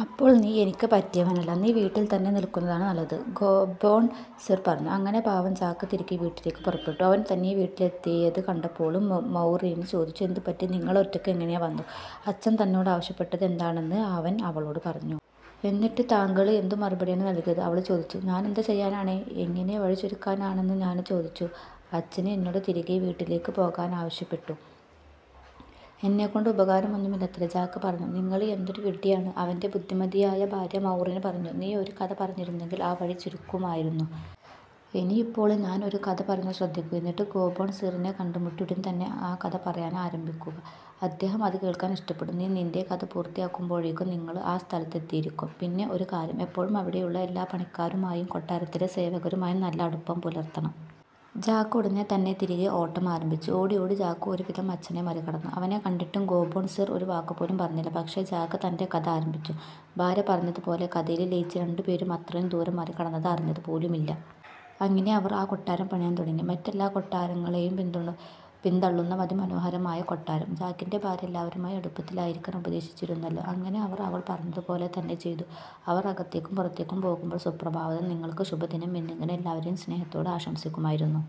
" "അപ്പോൾ നീ എനിക്ക് പറ്റിയവനല്ല, നീ വീട്ടിൽ തന്നെ നിൽക്കുന്നതാണ് നല്ലത്. " ഗോബ്ബോൺ സീർ പറഞ്ഞു. അങ്ങനെ പാവം ജാക്ക് തിരികെ വീട്ടിലേയ്ക്ക് പുറപ്പെട്ടു. അവൻ തനിയെ വീട്ടിലെത്തിയത് കണ്ടപ്പോള് മൌറീന് ചോദിച്ചു, "എന്തുപറ്റി, നിങ്ങള് ഒറ്റയ്ക്ക് എങ്ങനെ വന്നു? " അച്ഛൻ തന്നോട് ആവശ്യപ്പെട്ടത് എന്താണെന്ന് അവൻ അവളോട് പറഞ്ഞു. "എന്നിട്ട്? താങ്കള് എന്തു മറുപടിയാണ് നല്കിയത്? " അവള് ചോദിച്ചു. "ഞാനെന്ത് ചെയ്യാനാണ്? എങ്ങിനെ വഴി ചുരുക്കാനാണെന്ന് ഞാന് ചോദിച്ചു. അച്ഛന് എന്നോടു തിരികെ വീട്ടിലേയ്ക്ക് പോകാനാവശ്യപ്പെട്ടു. എന്നെകൊണ്ട് ഉപകാരമൊന്നുമില്ലത്രേ! " ജാക്ക് പറഞ്ഞു. "നിങ്ങള് എന്തൊരു വിഡ്ഢിയാണ്? " അവന്റെ ബുദ്ധിമതിയായ ഭാര്യ, മൌറീന് പറഞ്ഞു, "നീ ഒരു കഥ പറഞ്ഞിരുന്നെങ്കിൽ ആ വഴി ചുരുക്കുമായിരുന്നു! ഇനിയിപ്പോള് ഞാൻ ഒരു കഥ പറയുന്നത് ശ്രദ്ധിക്കൂ, എന്നിട്ട് ഗോബ്ബോൺ സീറിനെ കണ്ടുമുട്ടി ഉടൻ തന്നെ ആ കഥ പറയാന് ആരംഭിക്കുക. അദ്ദേഹം അത് കേൾക്കാൻ ഇഷ്ടപ്പെടും, നീ നിന്റെ കഥ പൂർത്തിയാകുമ്പോഴേക്കും നിങ്ങള് ആ സ്തലത്തെത്തിയിരിക്കും. പിന്നെ ഒരു കാര്യം, എപ്പോഴും അവിടെയുള്ള എല്ലാ പണിക്കാരുമായും, കൊട്ടാരത്തിലെ സേവകരുമായും നല്ല അടുപ്പം പുലര്ത്തണം. " ജാക്ക് ഉടന് തന്നെ തിരികെ ഓട്ടം ആരഭിച്ചു. ഓടിയോടി ജാക്ക് ഒരു വിധം അച്ഛനെ മറികടന്നു. അവനെ കണ്ടിട്ടും ഗോബ്ബോൺ സീർ ഒരു വാക്കുപോലും പറഞ്ഞില്ല, പക്ഷേ ജാക്ക് തന്റെ കഥ ആരംഭിച്ചു, ഭാര്യ പറഞ്ഞതുപോലെ കഥയില് ലയിച്ച് രണ്ടു പേരും അത്രയും ദൂരം മറികടന്നത് അറിഞ്ഞത് പോലുമില്ല. അങ്ങിനെ അവർ ആ കൊട്ടാരം പണിയാൻ തുടങ്ങി. മറ്റെല്ലാ കൊട്ടാരങ്ങളെയും പിന്തള്ളുന്ന അതിമനോഹരമായ കൊട്ടാരം! ജാക്കിന്റെ ഭാര്യ എല്ലാവരുമായി അടുപ്പത്തിലായിരിക്കാൻ ഉപദേശിച്ചിരുന്നല്ലോ? അങ്ങനെ അവർ അവൾ പറഞ്ഞതുപോലെ തന്നെ ചെയ്തു, അവർ അകത്തേക്കും പുറത്തേക്കും പോകുമ്പോൾ "സുപ്രഭാതം", "നിങ്ങൾക്ക് ശുഭദിനം" എന്നിങ്ങനെ എല്ലാവരെയും സ്നേഹത്തോടെ ആശംസിക്കുമായിരുന്നു.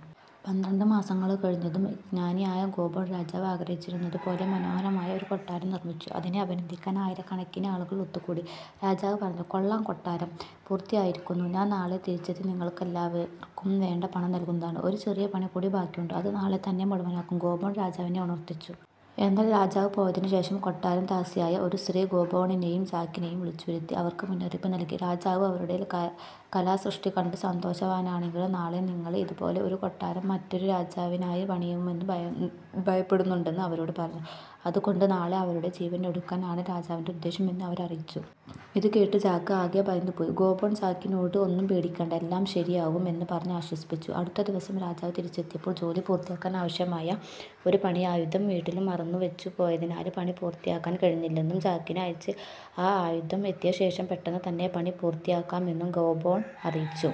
പന്ത്രണ്ട് മാസങ്ങള് കഴിഞ്ഞതും, ജ്ഞാനിയായ ഗോബ്ബോൺ രാജാവ് ആഗ്രഹിച്ചിരുന്നത് പോലെ മനോഹരമായ ഒരു കൊട്ടാരം നിർമ്മിച്ചു, അതിനെ അഭിനന്ദിക്കാൻ ആയിരക്കണക്കിന് ആളുകൾ ഒത്തുകൂടി. രാജാവ് പറഞ്ഞു: "കൊള്ളാം. കൊട്ടാരം പൂർത്തിയായിരിക്കുന്നു. ഞാൻ നാളെ തിരിച്ചെത്തി നിങ്ങൾക്കെല്ലാവർക്കും വേണ്ട പണം നൽകുന്നതാണ്. " "ഒരു ചെറിയ പണി കൂടി ബാക്കിയുണ്ട്, അത് നാളെ തന്നെ മുഴുവനാകും" ഗോബ്ബോൺ രാജാവിനെ ഉണര്ത്തിച്ചു. എന്നാൽ രാജാവ് പോയതിനുശേഷം, കൊട്ടാരം ദാസിയായ ഒരു സ്ത്രീ ഗോബ്ബോണിനെയും ജാക്കിനെയും വിളിച്ചുവരുത്തി. അവർക്ക് മുന്നറിയിപ്പ് നല്കി. രാജാവ് അവരുടെ കലാസൃഷ്ടി കണ്ട് സന്തോഷവാനാണെങ്കിലും, നാളെ നിങ്ങള് ഇത് പോലെ ഒരു കൊട്ടാരംമറ്റൊരു രാജാവിനായി പണിയുമെന്ന് ഭയപ്പെടുന്നുണ്ടെന്ന് അവരോട് പറഞ്ഞു. അത് കൊണ്ട് നാളെ അവരുടെ ജീവൻ എടുക്കാൻ ആണ് രാജാവിന്റെ ഉദ്ദേശ്യം എന്ന് അവര് അറിയിച്ചു. ഇത് കേട്ടു ജാക്ക് ആകെ ഭയന്ന് പോയി. ഗോബ്ബോൺ ജാക്കിനോട് ഒന്നും പേടിക്കേണ്ട, എല്ലാം ശരിയാകും എന്ന് പറഞ്ഞ് ആശ്വസിപ്പിച്ചു. അടുത്ത ദിവസം രാജാവ് തിരിച്ചെത്തിയപ്പോൾ, ജോലി പൂർത്തിയാക്കാൻ ആവശ്യമായ ഒരു പണിയായുധം വീട്ടില് മറന്നു വെച്ചു പോയതിനാല് പണി പൂര്ത്തിയാക്കാന് കഴിഞ്ഞില്ലെന്നും, ജാക്കിനെ അയച്ച് ആ ആയുധം എത്തിയ ശേഷം പെട്ടെന്ന് തന്നെ പണി പൂരത്തിയാക്കാമെന്നും ഗോബ്ബോൺ അറിയിച്ചു.